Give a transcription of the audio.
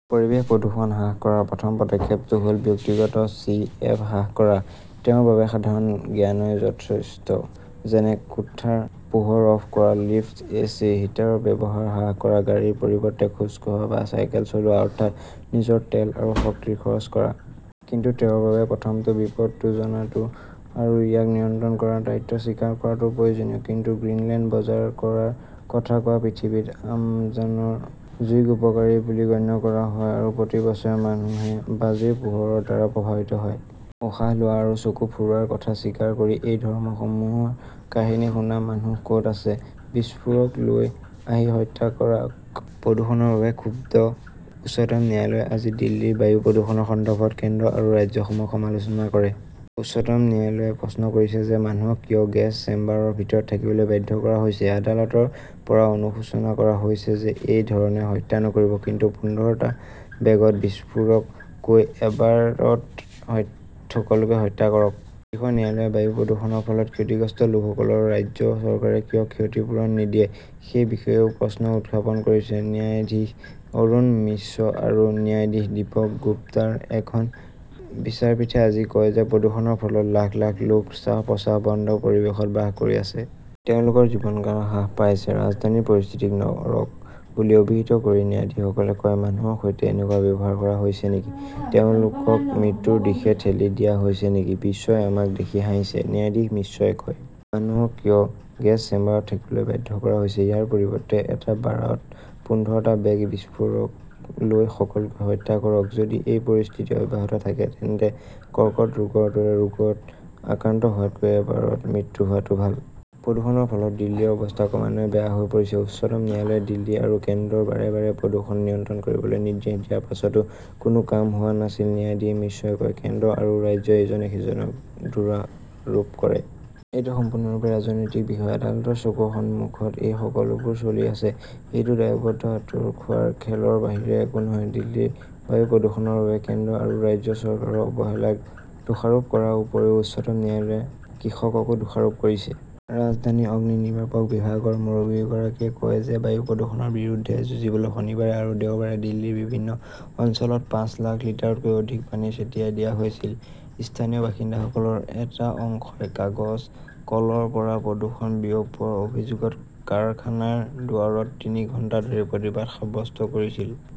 পৰিৱেশ প্ৰদূষণ হ্ৰাস কৰাৰ প্ৰথম পদক্ষেপটো হ'ল ব্যক্তিগত চি এফ হ্ৰাস কৰা। তেওঁৰ বাবে সাধাৰণ জ্ঞানই যথেষ্ট। যেনে, কোঠাৰ পোহৰ অফ কৰা, লিফ্ট, এচি, হিটাৰৰ ব্যৱহাৰ হ্ৰাস কৰা, গাড়ীৰ পৰিৱৰ্তে খোজ কাঢ়া বা চাইকেল চলোৱা অৰ্থাৎ নিজৰ তেল আৰু শক্তিৰ খৰচ হ্ৰাস কৰা। কিন্তু তেওঁৰ বাবে প্ৰথমে বিপদটো জনাটো আৰু ইয়াক নিয়ন্ত্ৰণ কৰাৰ দায়িত্ব স্বীকাৰ কৰাটো প্ৰয়োজনীয়। কিন্তু গ্ৰীণলেণ্ড বজাৰ কৰাৰ কথা কোৱা পৃথিৱীত, আমাজনৰ জুইক উপকাৰী বুলি গণ্য কৰা হয়, আৰু প্ৰতি বছৰে মানুহে বাজিৰ পোহৰৰ দ্বাৰা প্ৰভাৱিত হয়। উশাহ লোৱা আৰু চকু ফুৰোৱাৰ কথা স্বীকাৰ কৰি, এই ধৰ্মসমূহৰ কাহিনী শুনা মানুহ ক'ত আছে? বিস্ফোৰক লৈ আহি হত্যা কৰক, প্ৰদূষণৰ বাবে ক্ষুব্ধ উচ্চতম ন্যায়ালয় আজি দিল্লীৰ বায়ু প্ৰদূষণৰ সন্দৰ্ভত কেন্দ্ৰ আৰু ৰাজ্যসমূহক সমালোচনা কৰে। উচ্চতম ন্যায়ালয়ে প্ৰশ্ন কৰিছে যে, মানুহক কিয় গেছ চেম্বাৰৰ ভিতৰত থাকিবলৈ বাধ্য কৰা হৈছে। আদালতৰ পৰা অনুশোচনা কৰা হৈছে যে এই ধৰণে হত্যা নকৰিব, কিন্তু পোন্ধৰটা বেগত বিস্ফোৰক লৈ এবাৰত সকলোকে হত্যা কৰক। শীৰ্ষ ন্যায়ালয়ে বায়ু প্ৰদূষণৰ ফলত ক্ষতিগ্ৰস্ত লোকসকলক ৰাজ্য চৰকাৰে কিয় ক্ষতিপূৰণ নিদিয়ে সেই বিষয়েও প্ৰশ্ন উত্থাপন কৰিছে। ন্যায়াধীশ অৰুণ মিশ্ৰ আৰু ন্যায়াধীশ দীপক গুপ্তাৰ এখন বিচাৰপীঠে আজি কয় যে প্ৰদূষণৰ ফলত লাখ লাখ লোক শ্বাস-প্ৰশ্বাস বন্ধ পৰিৱেশত বাস কৰি আছে। তেওঁলোকৰ জীৱনকাল হ্ৰাস পাইছে। ৰাজধানীৰ পৰিস্থিতিক 'নৰক' বুলি অভিহিত কৰি ন্যায়াধীশসকলে কয়, মানুহৰ সৈতে এনেকুৱা ব্যৱহাৰ কৰা হৈছে নেকি? তেওঁলোকক মৃত্যুৰ দিশে ঠেলি দিয়া হৈছে নেকি? বিশ্বই আমাক দেখি হাঁহিছে, ন্যায়াধীশ মিশ্ৰই কয়। মানুহক কিয় গেছ চেম্বাৰত থাকিবলৈ বাধ্য কৰা হৈছে? ইয়াৰ পৰিৱৰ্তে এটা বাৰত পোন্ধৰটা বেগ বিস্ফোৰক লৈ সকলোকে হত্যা কৰক। যদি এই পৰিস্থিতি অব্যাহত থাকে, তেন্তে কৰ্কট ৰোগৰ দৰে ৰোগত আক্ৰান্ত হোৱাতকৈ এবাৰত মৃত্যু হোৱাটো ভাল। প্ৰদূষণৰ ফলত দিল্লীৰ অৱস্থা ক্ৰমান্বয়ে বেয়া হৈ পৰিছে। উচ্চতম ন্যায়ালয়ে দিল্লী আৰু কেন্দ্ৰক বাৰে বাৰে প্ৰদূষণ নিয়ন্ত্ৰণ কৰিবলৈ নিৰ্দেশ দিয়াৰ পিছতো কোনো কাম হোৱা নাছিল। ন্যায়াধীশ মিশ্ৰই কয়, কেন্দ্ৰ আৰু ৰাজ্যই ইজনে সিজনক দোষাৰোপ কৰিছে। এইটো সম্পূৰ্ণৰূপে ৰাজনৈতিক বিষয়। আদালতৰ চকুৰ সন্মুখত এই সকলোবোৰ চলি আছে। এইটো দায়বদ্ধতা আঁতৰোৱাৰ খেলৰ বাহিৰে একো নহয়। দিল্লীৰ বায়ু প্ৰদূষণৰ বাবে কেন্দ্ৰ আৰু ৰাজ্য চৰকাৰৰ অৱহেলাক দোষাৰোপ কৰাৰ উপৰিও উচ্চতম ন্যায়ালয়ে কৃষককো দোষাৰোপ কৰিছে। ৰাজধানীৰ অগ্নিনিৰ্বাপক বিভাগৰ মুৰব্বীগৰাকীয়ে কয় যে বায়ু প্ৰদূষণৰ বিৰুদ্ধে যুঁজিবলৈ শনিবাৰে আৰু দেওবাৰে দিল্লীৰ বিভিন্ন অঞ্চলত পাঁচ লাখ লিটাৰতকৈও অধিক পানী ছটিয়াই দিয়া হৈছিল। স্থানীয় বাসিন্দাসকলৰ এটা অংশই কাগজ কলৰ পৰা প্ৰদূষণ বিয়পোৱাৰ অভিযোগত কাৰখানাৰ দুৱাৰত তিনি ঘণ্টা ধৰি প্ৰতিবাদ সাব্যস্ত কৰিছিল।